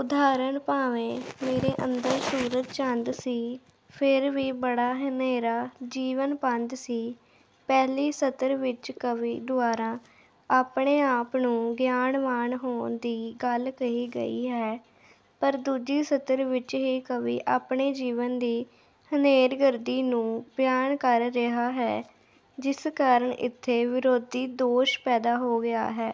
ਉਦਾਹਰਣ- ਭਾਵੇਂ ਮੇਰੇ ਅੰਦਰ ਸੂਰਜ ਚੰਦ ਸੀ, ਫਿਰ ਵੀ ਬੜਾ ਹਨੇਰਾ ਜੀਵਨ ਪੰਧ ਸੀ। ਪਹਿਲੀ ਸਤਰ ਵਿੱਚ ਕਵੀ ਦੁਆਰਾ ਆਪਣੇ ਆਪ ਨੂੰ ਗਿਆਨਵਾਨ ਹੋਣ ਦੀ ਗੱਲ ਕਹੀ ਗਈ ਹੈ ਪਰ ਦੂਜੀ ਸਤਰ ਵਿੱਚ ਹੀ ਕਵੀ ਆਪਣੇ ਜੀਵਨ ਦੀ ਹਨੇਰਗਰਦੀ ਨੂੰ ਬਿਆਨ ਕਰ ਰਿਹਾ ਹੈ, ਜਿਸ ਕਾਰਨ ਇਥੇ ਵਿਰੋਧੀ ਦੋਸ਼ ਪੈਦਾ ਹੋ ਗਿਆ ਹੈ।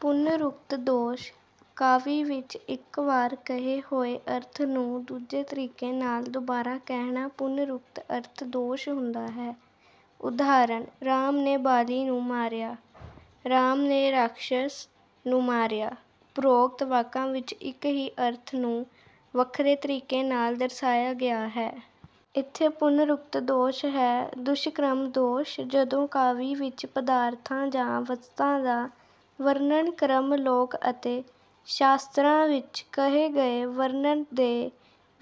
ਪੁਨਰੁਕਤ ਦੋਸ਼: ਕਾਵਿ ਵਿੱਚ ਇੱਕ ਵਾਰ ਕਹੇ ਹੋਏ ਅਰਥ ਨੂੰ ਦੂਜੇ ਤਰੀਕੇ ਨਾਲ ਦੁਬਾਰਾ ਕਹਿਣਾ ਪੁਨਰੁਕਤ ਅਰਥ ਦੋਸ਼ ਹੁੰਦਾ ਹੈ। ਉਦਾਹਰਣ- ਰਾਮ ਨੇ ਬਾਲੀ ਨੂੰ ਮਾਰਿਆ। ਰਾਮ ਨੇ ਰਾਖਸ਼ਸ ਨੂੰ ਮਾਰਿਆ। ਉਪਰੋਕਤ ਵਾਕਾਂ ਵਿੱਚ ਇੱਕ ਹੀ ਅਰਥ ਨੂੰ ਵੱਖਰੇ ਤਰੀਕੇ ਨਾਲ ਦਰਸਾਇਆ ਗਿਆ ਹੈ। ਇਥੇ ਪੁਨਰੁਕਤ ਦੋਸ਼ ਹੈ। ਦੁਸ਼ਕ੍ਰਮ ਦੋਸ਼: ਜਦੋਂ ਕਾਵਿ ਵਿੱਚ ਪਦਾਰਥਾਂ ਜਾਂ ਵਸਤਾਂ ਦਾ ਵਰਣਨ-ਕ੍ਰਮ ਲੋਕ ਅਤੇ ਸ਼ਾਸਤਰਾਂ ਵਿੱਚ ਕਹੇ ਗਏ ਵਰਣਨ ਦੇ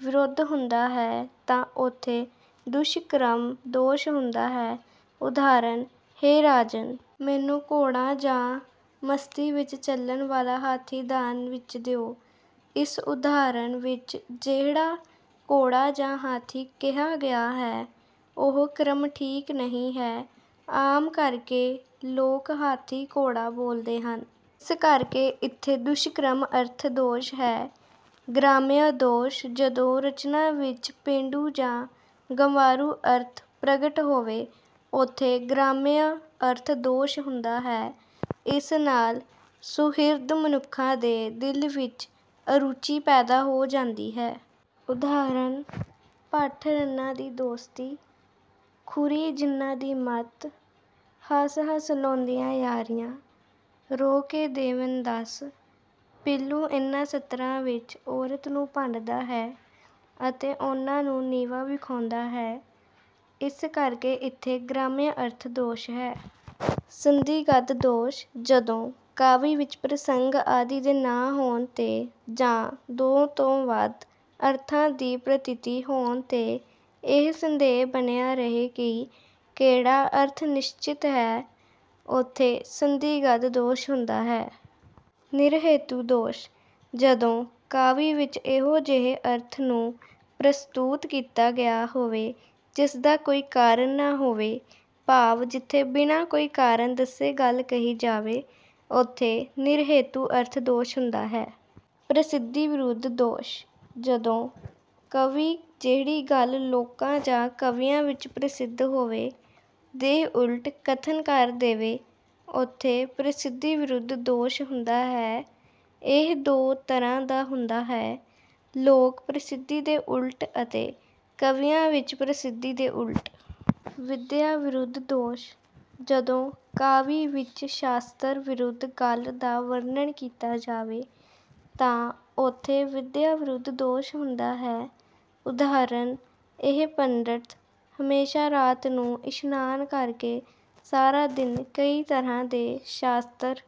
ਵਿਰੁੱਧ ਹੁੰਦਾ ਹੈ ਤਾਂ ਉੱਥੇ ਦੁਸ਼ਕ੍ਰਮ ਦੋਸ਼ ਹੁੰਦਾ ਹੈ। ਉਦਾਹਰਣ- ਹੇ ਰਾਜਨ! ਮੈਨੂੰ ਘੋੜਾ ਜਾਂ ਮਸਤੀ ਵਿੱਚ ਚੱਲਣ ਵਾਲਾ ਹਾਥੀ ਦਾਨ ਵਿੱਚ ਦਿਓ। ਇਸ ਉਦਾਹਰਣ ਵਿੱਚ ਜਿਹੜਾ ਘੋੜਾ ਜਾਂ ਹਾਥੀ ਕਿਹਾ ਗਿਆ ਹੈ, ਉਹ ਕ੍ਰਮ ਠੀਕ ਨਹੀਂ ਹੈ। ਆਮ ਕਰਕੇ ਲੋਕ 'ਹਾਥੀ ਘੋੜਾ' ਬੋਲਦੇ ਹਨ। ਇਸ ਕਰਕੇ ਇੱਥੇ ਦੁਸ਼ਕ੍ਰਮ ਅਰਥ ਦੋਸ਼ ਹੈ। ਗ੍ਰਾਮਯ ਦੋਸ਼: ਜਦੋਂ ਰਚਨਾ ਵਿੱਚ ਪੇਂਡੂ ਜਾਂ ਗੰਵਾਰੂ ਅਰਥ ਪ੍ਰਗਟ ਹੋਵੇ ਉੱਥੇ ਗ੍ਰਾਮਯ ਅਰਥ ਦੋਸ਼ ਹੁੰਦਾ ਹੈ। ਇਸ ਨਾਲ ਸੁਹਿਰਦ ਮਨੁੱਖਾਂ ਦੇ ਦਿਲ ਵਿੱਚ ਅਰੁੱਚੀ ਪੈਦਾ ਹੋ ਜਾਂਦੀ ਹੈ। ਉਦਾਹਰਣ- ਭਠ ਰੰਨਾਂ ਦੀ ਦੋਸਤੀ, ਖ਼ੁਰੀ ਜਿਨ੍ਹਾਂ ਦੀ ਮਤ। ਹੱਸ ਹੱਸ ਲਾਉਂਦੀਆਂ ਯਾਰੀਆਂ, ਰੋ ਕੇ ਦੇਵਣ ਦੱਸ। ਪੀਲੂ ਇਨ੍ਹਾਂ ਸਤਰਾਂ ਵਿੱਚ ਔਰਤ ਨੂੰ ਭੰਡਦਾ ਹੈ ਅਤੇ ਉਨ੍ਹਾਂ ਨੂੰ ਨੀਵਾਂ ਵਿਖਾਉਂਦਾ ਹੈ, ਇਸ ਕਰਕੇ ਇਥੇ ਗ੍ਰਾਮਯ ਅਰਥ ਦੋਸ਼ ਹੈ। ਸੰਦਿਗਧ ਦੋਸ਼: ਜਦੋਂ ਕਾਵਿ ਵਿੱਚ ਪ੍ਰਸੰਗ ਆਦਿ ਦੇ ਨਾ ਹੋਣ 'ਤੇ ਜਾਂ ਦੋ ਤੋਂ ਵੱਧ ਅਰਥਾਂ ਦੀ ਪ੍ਰਤੀਤੀ ਹੋਣ 'ਤੇ ਇਹ ਸੰਦੇਹ ਬਣਿਆ ਰਹੇ ਕਿ ਕਿਹੜਾ ਅਰਥ ਨਿਸ਼ਚਿਤ ਹੈ, ਉੱਥੇ ਸੰਦਿਗਧ ਦੋਸ਼ ਹੁੰਦਾ ਹੈ। ਨਿਰਹੇਤੂ ਦੋਸ਼: ਜਦੋਂ ਕਾਵਿ ਵਿੱਚ ਇਹੋ ਜਿਹੇ ਅਰਥ ਨੂੰ ਪ੍ਰਸਤੂਤ ਕੀਤਾ ਗਿਆ ਹੋਵੇ ਜਿਸਦਾ ਕੋਈ ਕਾਰਨ ਨਾ ਹੋਵੇ ਭਾਵ ਜਿਥੇ ਬਿਨ੍ਹਾਂ ਕੋਈ ਕਾਰਨ ਦੱਸੇ ਗੱਲ ਕਹੀ ਜਾਵੇ ਉੱਥੇ ਨਿਰਹੇਤੂ ਅਰਥ ਦੋਸ਼ ਹੁੰਦਾ ਹੈ। ਪ੍ਰਸਿੱਧੀਵਿਰੁੱਧ ਦੋਸ਼: ਜਦੋਂ ਕਵੀ ਜਿਹੜੀ ਗੱਲ ਲੋਕਾਂ ਜਾਂ ਕਵੀਆਂ ਵਿੱਚ ਪ੍ਰਸਿੱਧ ਹੋਵੇ, ਦੇ ਉਲਟ ਕਥਨ ਕਰ ਦੇਵੇ, ਉਥੇ 'ਪ੍ਰਸਿੱਧੀਵਿਰੁੱਧ' ਦੋਸ਼ ਹੁੰਦਾ ਹੈ। ਇਹ ਦੋ ਤਰ੍ਹਾਂ ਦਾ ਹੁੰਦਾ ਹੈ- ਲੋਕ ਪ੍ਰਸਿੱਧੀ ਦੇ ਉੱਲਟ ਅਤੇ ਕਵੀਆਂ ਵਿੱਚ ਪ੍ਰਸਿੱਧੀ ਦੇ ਉਲਟ। ਵਿਦਿਆ ਵਿਰੁੱਧ ਦੋਸ਼: ਜਦੋਂ ਕਾਵਿ ਵਿੱਚ ਸ਼ਾਸਤਰ ਵਿਰੁੱਧ ਗੱਲ ਦਾ ਵਰਣਨ ਕੀਤਾ ਜਾਵੇ ਤਾਂ ਉਥੇ ਵਿਦਿਆ ਵਿਰੁੱਧ ਦੋਸ਼ ਹੁੰਦਾ ਹੈ। ਉਦਾਹਰਣ- ਇਹ ਪੰਡਤ ਹਮੇਸ਼ਾ ਰਾਤ ਨੂੰ ਇਸ਼ਨਾਨ ਕਰਕੇ ਸਾਰਾ ਦਿਨ ਕਈ ਤਰ੍ਹਾਂ ਦੇ ਸ਼ਾਸਤਰ